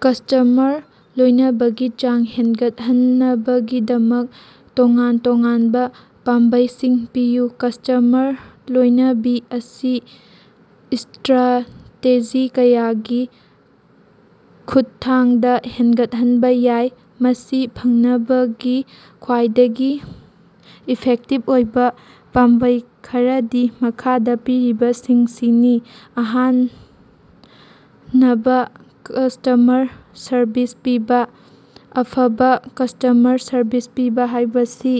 Customer ꯂꯣꯏꯅꯕꯒꯤ ꯆꯥꯡ ꯍꯦꯟꯒꯠꯍꯟꯅꯕꯒꯤꯗꯃꯛ ꯇꯣꯉꯥꯟ-ꯇꯣꯉꯥꯟꯕꯥ ꯄꯥꯝꯕꯩꯁꯤꯡ ꯄꯤꯌꯨ꯫ ꯀꯁ꯭ꯇꯃꯔ ꯂꯣꯏꯅꯕꯤ ꯑꯁꯤ ꯏꯁꯇ꯭ꯔꯥꯇꯦꯖꯤ ꯀꯌꯥꯒꯤ ꯈꯨꯠꯊꯥꯡꯗꯥ ꯍꯦꯟꯒꯠꯍꯟꯕꯥ ꯌꯥꯏ꯫ ꯃꯁꯤ ꯐꯪꯅꯕꯒꯤ ꯈ꯭ꯋꯥꯏꯗꯒꯤ ꯏꯐꯦꯛꯇꯤꯚ ꯑꯣꯏꯕꯥ ꯄꯥꯝꯕꯩ ꯈꯔꯗꯤ ꯃꯈꯥꯗꯥ ꯄꯤꯔꯤꯕꯁꯤꯡꯁꯤꯅꯤ: ꯑꯍꯥꯟꯅꯕꯥ ꯀꯁ꯭ꯇꯃꯔ ꯁꯔꯚꯤꯁ ꯄꯤꯕꯥ: ꯑꯐꯕꯥ ꯀꯁ꯭ꯇꯃꯔ ꯁꯔꯚꯤꯁ ꯄꯤꯕꯥ ꯍꯥꯏꯕꯁꯤ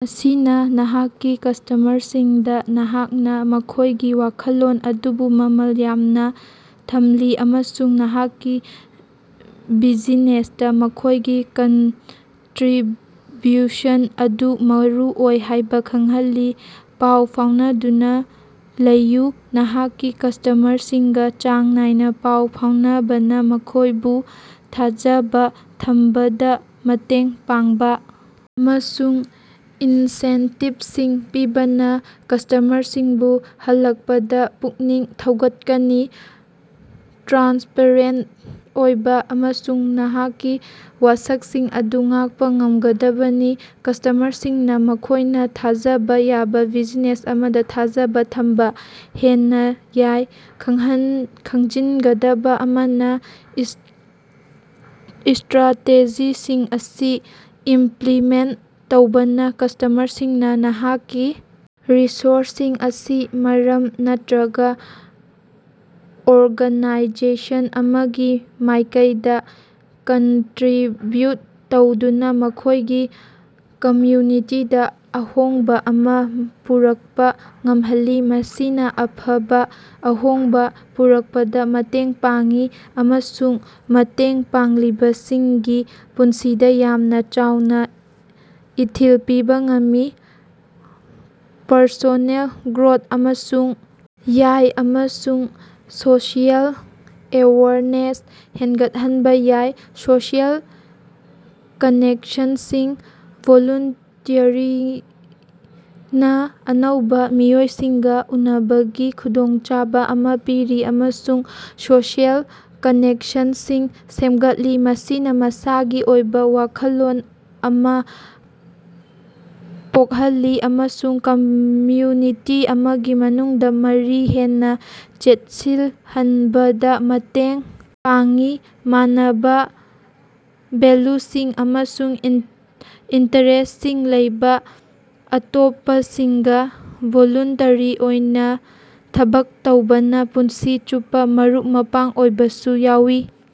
ꯃꯁꯤꯅꯥ ꯅꯍꯥꯛꯀꯤ ꯀꯁ꯭ꯇꯃꯔꯁꯤꯡꯗꯥ ꯅꯍꯥꯛꯅꯥ ꯃꯈꯣꯏꯒꯤ ꯋꯥꯈꯜꯂꯣꯟ ꯑꯗꯨꯕꯨ ꯃꯃꯜ ꯌꯥꯝꯅꯥ ꯊꯝꯂꯤ ꯑꯃꯁꯨꯡ ꯅꯍꯥꯛꯀꯤ ꯕꯤꯖꯤꯅꯦꯁꯇꯥ ꯃꯈꯣꯏꯒꯤ ꯀꯟꯇ꯭ꯔꯤꯕ꯭ꯌꯨꯁꯟ ꯑꯗꯨ ꯃꯔꯨꯑꯣꯏ ꯍꯥꯏꯕꯥ ꯈꯪꯍꯜꯂꯤ꯫ ꯄꯥꯎ ꯐꯥꯎꯅꯗꯨꯅꯥ ꯂꯩꯌꯨ: ꯅꯍꯥꯛꯀꯤ ꯀꯁ꯭ꯇꯃꯔꯁꯤꯡꯒꯥ ꯆꯥꯡ ꯅꯥꯏꯅꯥ ꯄꯥꯎ ꯐꯥꯎꯅꯕꯅꯥ ꯃꯈꯣꯏꯕꯨ ꯊꯥꯖꯕꯥ ꯊꯝꯕꯗꯥ ꯃꯇꯦꯡ ꯄꯥꯡꯕꯥ ꯑꯃꯁꯨꯡ ꯏꯟꯁꯦꯟꯇꯤꯕꯁꯤꯡ ꯄꯤꯕꯅꯥ ꯀꯁ꯭ꯇꯃꯔꯁꯤꯡꯕꯨ ꯍꯜꯂꯛꯄꯗꯥ ꯄꯨꯛꯅꯤꯡ ꯊꯧꯒꯠꯀꯅꯤ꯫ ꯇ꯭ꯔꯥꯟꯁꯄꯔꯦꯟꯇ ꯑꯣꯏꯕꯥ ꯑꯃꯁꯨꯡ ꯅꯍꯥꯛꯀꯤ ꯋꯥꯁꯛꯁꯤꯡ ꯑꯗꯨ ꯉꯥꯛꯄꯥ ꯉꯝꯒꯗꯕꯅꯤ꯫ ꯀꯁ꯭ꯇꯃꯔꯁꯤꯡꯅꯥ ꯃꯈꯣꯏꯅꯥ ꯊꯥꯖꯕꯥ ꯌꯥꯕꯥ ꯕꯤꯖꯤꯅꯦꯁ ꯑꯃꯗꯥ ꯊꯥꯖꯕꯥ ꯊꯝꯕꯥ ꯍꯦꯟꯅꯥ ꯌꯥꯏ꯫ ꯈꯪꯍꯟ ꯈꯪꯖꯤꯟꯒꯗꯕꯥ ꯑꯃꯅꯥ, ꯏꯁꯇ꯭ꯔꯥꯇꯦꯖꯤꯁꯤꯡ ꯑꯁꯤ ꯏꯝꯄ꯭ꯂꯤꯃꯦꯟꯇ ꯇꯧꯕꯅꯥ ꯀꯁ꯭ꯇꯃꯔꯁꯤꯡꯅꯥ ꯅꯍꯥꯛꯀꯤ ꯔꯤꯁꯣꯔꯁꯁꯤꯡ ꯑꯁꯤ ꯃꯔꯝ ꯅꯠꯇ꯭ꯔꯒꯥ ꯑꯣꯔꯒꯥꯅꯥꯏꯖꯦꯁꯟ ꯑꯃꯒꯤ ꯃꯥꯏꯀꯩꯗꯥ ꯀꯟꯇ꯭ꯔꯤꯕ꯭ꯌꯨꯠ ꯇꯧꯗꯨꯅꯥ ꯃꯈꯣꯏꯒꯤ ꯀꯝꯃ꯭ꯌꯨꯅꯤꯇꯤꯗꯥ ꯑꯍꯣꯡꯕꯥ ꯑꯃꯥ ꯄꯨꯔꯛꯄꯥ ꯉꯝꯍꯜꯂꯤ꯫ ꯃꯁꯤꯅꯥ ꯑꯐꯕꯥ ꯑꯍꯣꯡꯕꯥ ꯄꯨꯔꯛꯄꯗꯥ ꯃꯇꯦꯡ ꯄꯥꯡꯏ ꯑꯃꯁꯨꯡ ꯃꯇꯦꯡ ꯄꯥꯡꯂꯤꯕꯁꯤꯡꯒꯤ ꯄꯨꯟꯁꯤꯗꯥ ꯌꯥꯝꯅꯥ ꯆꯥꯎꯅꯥ ꯏꯊꯤꯜ ꯄꯤꯕꯥ ꯉꯝꯃꯤ꯫ ꯄꯔꯁꯣꯅꯦꯜ ꯒ꯭ꯔꯣꯠ ꯑꯃꯁꯨꯡ ꯌꯥꯏ ꯑꯃꯁꯨꯡ ꯁꯣꯁꯤꯑꯦꯜ ꯑꯦꯋꯦꯌꯔꯅꯦꯁ ꯍꯦꯟꯒꯠꯍꯟꯕꯥ ꯌꯥꯏ꯫ ꯁꯣꯁꯤꯑꯦꯜ ꯀꯅꯦꯛꯁꯟꯁꯤꯡ: ꯚꯣꯂꯨꯟꯇꯤꯌꯔꯤꯡꯅꯥ ꯑꯅꯧꯕꯥ ꯃꯤꯑꯣꯏꯁꯤꯡꯒꯥ ꯎꯅꯕꯒꯤ ꯈꯨꯗꯣꯡꯆꯥꯕꯥ ꯑꯃꯥ ꯄꯤꯔꯤ ꯑꯃꯁꯨꯡ ꯁꯣꯁꯤꯑꯦꯜ ꯀꯅꯦꯛꯁꯟꯁꯤꯡ ꯁꯦꯝꯒꯠꯂꯤ꯫ ꯃꯁꯤꯅꯥ ꯃꯁꯥꯒꯤ ꯑꯣꯏꯕꯥ ꯋꯥꯈꯜꯂꯣꯟ ꯑꯃꯥ ꯄꯣꯛꯍꯜꯂꯤ ꯑꯃꯁꯨꯡ ꯀꯝꯃ꯭ꯌꯨꯅꯤꯇꯤ ꯑꯃꯒꯤ ꯃꯅꯨꯡꯗꯥ ꯃꯔꯤ ꯍꯦꯟꯅꯥ ꯆꯦꯠꯁꯤꯜꯍꯟꯕꯗꯥ ꯃꯇꯦꯡ ꯄꯥꯡꯏ꯫ ꯃꯥꯟꯅꯕꯥ ꯚꯦꯜꯂꯨꯁꯤꯡ ꯑꯃꯁꯨꯡ ꯏꯟ ꯏꯟꯇꯔꯦꯁꯁꯤꯡ ꯂꯩꯕꯥ ꯑꯇꯣꯞꯄꯁꯤꯡꯒꯥ ꯚꯣꯂꯨꯟꯇꯔꯤ ꯑꯣꯏꯅꯥ ꯊꯕꯛ ꯇꯧꯕꯅꯥ ꯄꯨꯟꯁꯤ ꯆꯨꯞꯄꯥ ꯃꯔꯨꯞ-ꯃꯄꯥꯡ ꯑꯣꯏꯕꯁꯨ ꯌꯥꯎꯏ꯫